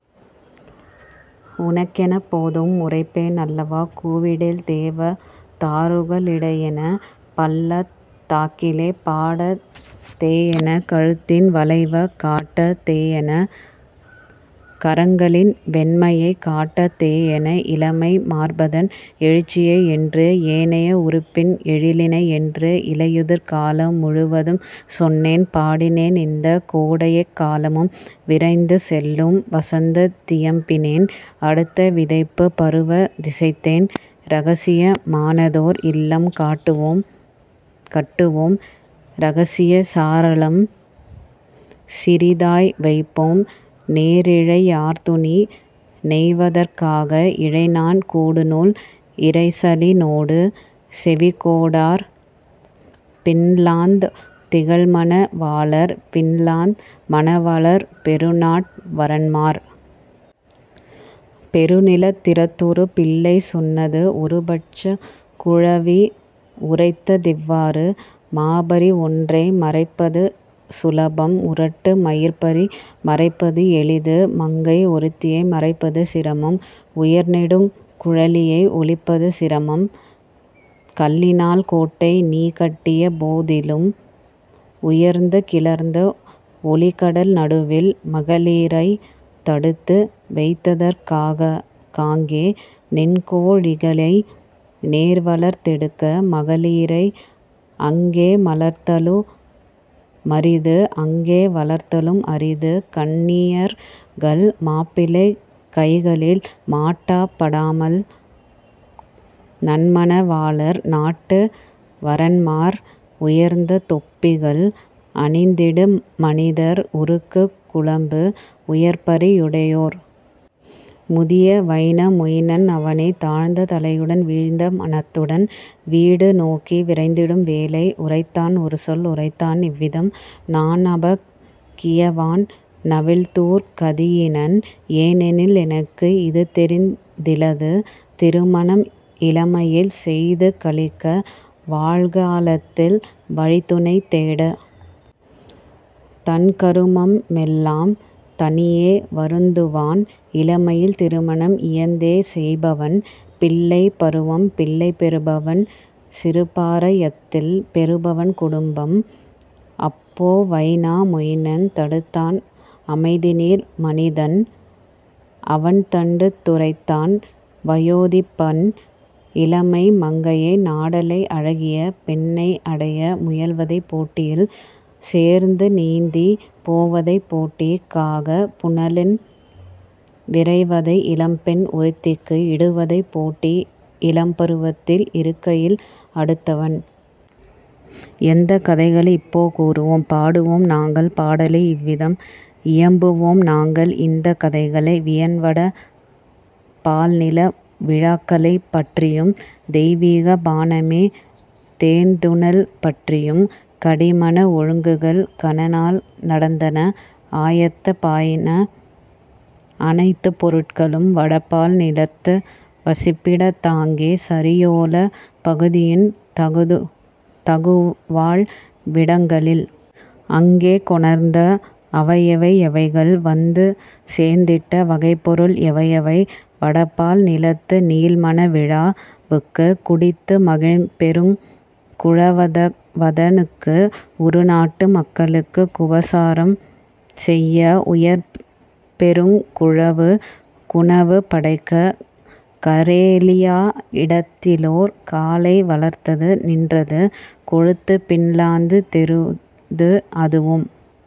உனக்கெப் போதும் உரைப்பேன் அல்லவா,। கூவிடேல் தேவ தாருக ளிடையென, பள்ளத் தாக்கிலே பாடா தேயென, கழுத்தின் வளைவைக் காட்டா தேயென, கரங்களின் வெண்மையைக் காட்டா தேயென, இளமை மார்பதன் எழுச்சியை என்று, ஏனைய உறுப்பின் எழிலினை என்று! இலையுதிர் காலம் முழுவதும் சொன்னேன் பாடினேன் இந்தக் கோடைஎக் காலமும் விரைந்து செல்லும் வசந்தத் தியம்பினேன் அடுத்த விதைப்புப் பருவத் திசைத்தேன்: இரகசிய மானதோர் இல்லம் கட்டுவோம் இரகசியச் சாளரம் சிறிதாய் வைப்போம் நேரிழை யார்துணி நெய்வதற் காக இழைநான் கூடுநூல் இரைச்சலி னோடு, செவிகொடார் பின்லாந் திகழ்மண வாளர் பின்லாந் மணவளர், பெருநாட் வரன்மார். " பெருநிலத் திருந்தொரு பிள்ளை சொன்னது ஒருபட்சக் குழவி உரைத்ததிவ் வாறு: "மாபரி ஒன்றை மறைப்பது சுலபம் முரட்டு மயிர்ப்பரி மறைப்பது எளிது மங்கை ஒருத்தியை மறைப்பது சிரமம் உயர்நெடுங் குழலியை ஒளிப்பது சிரமம்; கல்லினால் கோட்டைநீ கட்டிய போதிலும் உயர்ந்து கிளர்ந்த ஒலிகடல் நடுவில் மகளிரைத் தடுத்து வைத்தற் காங்கே நின்கோ ழிகளை நேர்வளர்த் தெடுக்க மகளிரை அங்கே மறைத்தலு மரிது அங்கே வளர்தலும் அரிதுகன் னியர்கள் மாப்பிளை கைகளில் மாட்டப் படாமல் நன்மண வாளர், நாட்டு வரன்மார், உயர்ந்த தொப்பிகள் அணிந்திடு மனிதர் உருக்குக் குளம்பு உயர்பரி யுடையோர். " முதிய வைனா மொயினன் அவனே தாழ்ந்த தலையுடன் வீழ்ந்த மனத்துடன் வீடு நோக்கி விரைந்திடும் வேளை உரைத்தான் ஒருசொல் உரைத்தான் இவ்விதம்: "நான்அபாக் கியவான் நவில்துர்க் கதியினன் ஏனெனில் எனக்கு இதுதெரிந் திலது திருமணம் இளமையில் செய்து களிக்க வாழ்கா லத்தில் வழித்துணை தேட! தன்கரு மம்மெலாம் தனியே வருந்துவான் இளமையில் திருமணம் இயைந்தே செய்பவன் பிள்ளைப் பருவம் பிள்ளைப் பெறுபவன் சிறுபரா யத்தில் பெறுபவன் குடும்பம். " அப்போ வைனா மொயினன் தடுத்தான் அமைதிநீர் மனிதன் அவன்தடுத் துரைத்தான் வயோதிபன் இளமை மங்கையை நாடலை அழகிய பெண்ணை அடைய முயல்வதை போட்டியில் சேர்ந்து நீந்திப் போவதை போட்டிக் காகப் புனலில் விரைவதை இளம்பெண் ஒருத்திக்கு இடுவதைப் போட்டி இளம்பரு வத்தில் இருக்கையில் அடுத்தவன். எந்தக் கதைகளை இப்போ கூறுவோம்? பாடுவோம் நாங்கள் பாடலை இவ்விதம் இயம்புவோம் நாங்கள் இந்தக் கதைகளை: வியன்வட பால்நில விழாக்களைப் பற்றியும் தெய்வீகப் பானமே தேர்ந்துணல் பற்றியும். கடிமண ஒழுங்குகள் கனநாள் நடந்தன ஆயத்த மாயின அனைத்துப் பொருட்களும் வடபால் நிலத்து வசிப்பிடத் தாங்கே சரியோலாப் பகுதியின் தகுவாழ் விடங்களில். அங்கே கொணர்ந்த அவைஎவை எவைகள் வந்து சேர்ந்திட்ட வகைப்பொருள் எவைஎவை வடபால் நிலத்துநீள் மணவிழா வுக்கு குடித்து மகிழ்பெருங் குழுவத னுக்கு உறுநாட்டு மக்களுக் குபசாரம் செய்ய உயர்பெருங் குழுவுக் குணவு படைக்க. கரேலியா இடத்திலோர் காளை வளர்ந்தது நின்றது கொழுத்துப் பின்லாந் தெருது அதுவும்